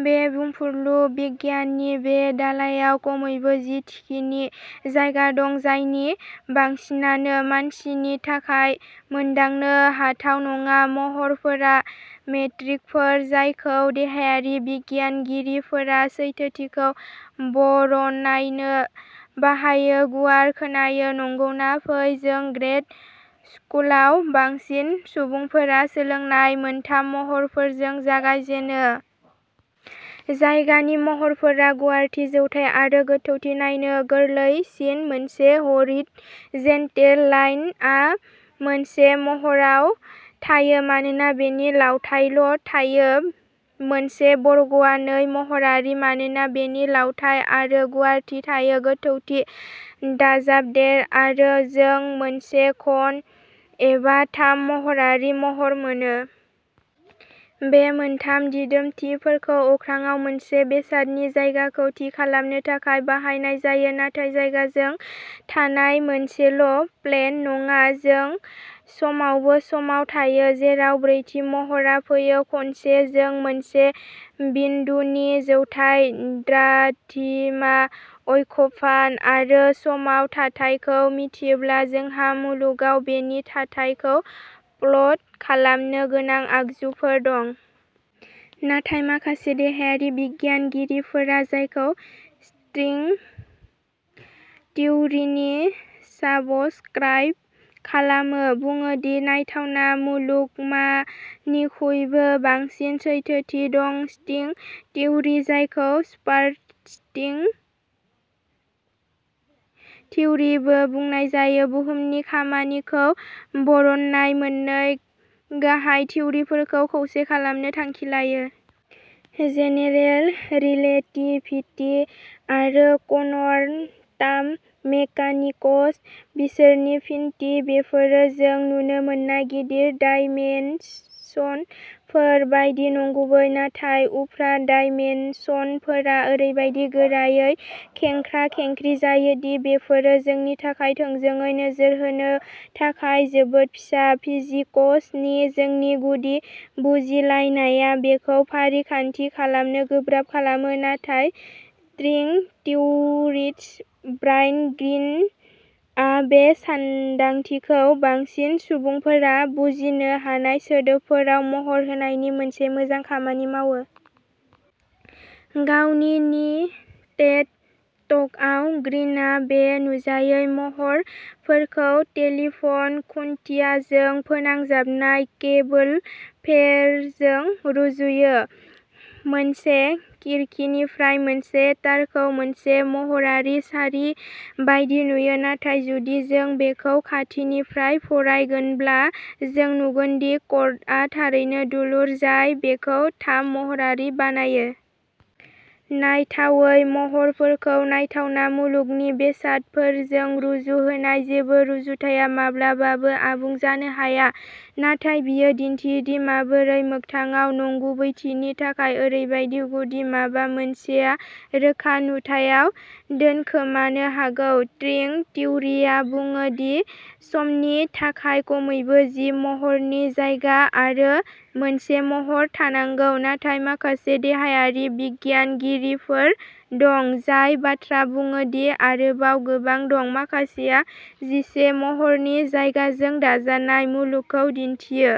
बे बुंफुरलु बिगियाननि बे दालाइयाव खमैबो जि थिखिनि जायगा दं जायनि बांसिनानो मानसिनि थाखाय मोनदांनो हाथाव नङा। महरफोरा मेट्रिकफोर जायखौ देहायारि बिगियानगिरिफोरा सैथोथिखौ बरनायनो बाहायो। गुवार खोनायो नंगौना? फै जों ग्रेड स्कुलाव बांसिन सुबुंफोरा सोलोंनाय मोनथाम महरफोरजों जागाय जेनो। जायगानि महरफोर गुवारथि जौथाय आरो गोथौथि नायनो गोरलैसिन। मोनसे ह'रिदजेन्टेल लाइनआ मोनसे महरआव थायो मानोना बेनि लावथाइल' थायो मोनसे बर्गआ नै महरारि मानोना बेनि लावथाइ आरो गुवारथि थायो। गोथौथि दाजाबदेर आरो जों मोनसे घन एबा थाम महरारि महर मोनो। बे मोनथाम दिदोमथिफोरखौ अख्राङाव मोनसे बेसादनि जायगाखौ थि खालामनो थाखाय बाहायनाय जायो। नाथाय जायगा जों थानाय मोनसेल' प्लेन नङा जों समावबो समाव थायो जेराव ब्रैथि महरआ फैयो। खनसे जों मोनसे बिन्दुनि जौथाय, द्राघिमा, अक्षफान आरो समाव थाथायखौ मिन्थियोब्ला जोंहा मुलुगआव बेनि थाथायखौ प्लट खालामनो गोनां आगजुफोर दं। नाथाय माखासे देहायारि बिगियानगिरिफोरा जाय स्ट्रिं थिउरिनि साब्सक्राइब खालामो बुङो दि नायथावना मुलुगमानिख्रुइबो बांसिन सैथोथि दं। स्ट्रिं थिउरि जायखौ "सुपारस्ट्रिं थिउरि" बो बुंनाय जायो बुहुमनि खामानिखौ बरननाय मोननै गाहाय थिउरिफोरखौ खौसे खालामनो थांखि लायो। जेनेरेल रिलेटिभिटि आरो क्वान्टाम मेकानिक्स, बिसोरनि फिनथि बेफोरो जों नुनो मोननाय "गिदिर" डायमेनसनफोर बायदि नंगुबै नाथाय उफ्रा डायमेनसनफोरा ओरैबादि गोरायै खेंख्रा-खेंख्रि जायो दि बेफोरो जोंनि थाखाय थोंजोङै नोजोर होनो थाखाय जोबोद फिसा। फिजिक्सनि जोंनि गुदि बुजिलायनाया बेखौ फारिखान्थि खालामनो गोब्राब खालामो नाथाय स्ट्रिं थिउरिस्ट ब्रायन ग्रीनआ बे सानदांथिखौ बांसिन सुबुंफोरा बुजिनो हानाय सोदोबफोराव महर होनायनि मोनसे मोजां खामानि मावो। गावनि नि टेड टकआव ग्रीनआ बे नुजायै महरफोरखौ टेलिफ'न खुन्थियाजों फोनांजाबनाय केबोलफोरजों रुजुयो। मोनसे खिरखिनिफ्राय मोनसे तारखौ मोनसे महरारि सारि बायदि नुयो। नाथाय जुदि जों बेखौ खाथिनिफ्राय फरायगोनब्ला जों नुगोन दि कर्डआ थारैनो दुलुर जाय बेखौ थाम-महरारि बानायो। नायथावै महरफोरखौ नायथावना मुलुगनि बेसादफोरजों रुजुहोनाय जेबो रुजुथाया माब्लाबाबो आबुं जानो हाया नाथाय बेयो दिन्थियो दि माबोरै मोगथाङाव नंगुबैथिनि थाखाय ओरैबायदि गुदि माबा मोनसेआ रोखा नुथायाव दोनखोमानो हागौ। स्ट्रिं थिउरिया बुङो दि समनि थाखाय खमैबो जि महरनि जायगा आरो मोनसे महर थानांगौ नाथाय माखासे देहायारि बिगियानगिरिफोर दं जाय बाथ्रा बुङो दि आरोबाव गोबां दं। माखासेया जिसे महरनि जायगाजों दाजानाय मुलुगखौ दिन्थियो।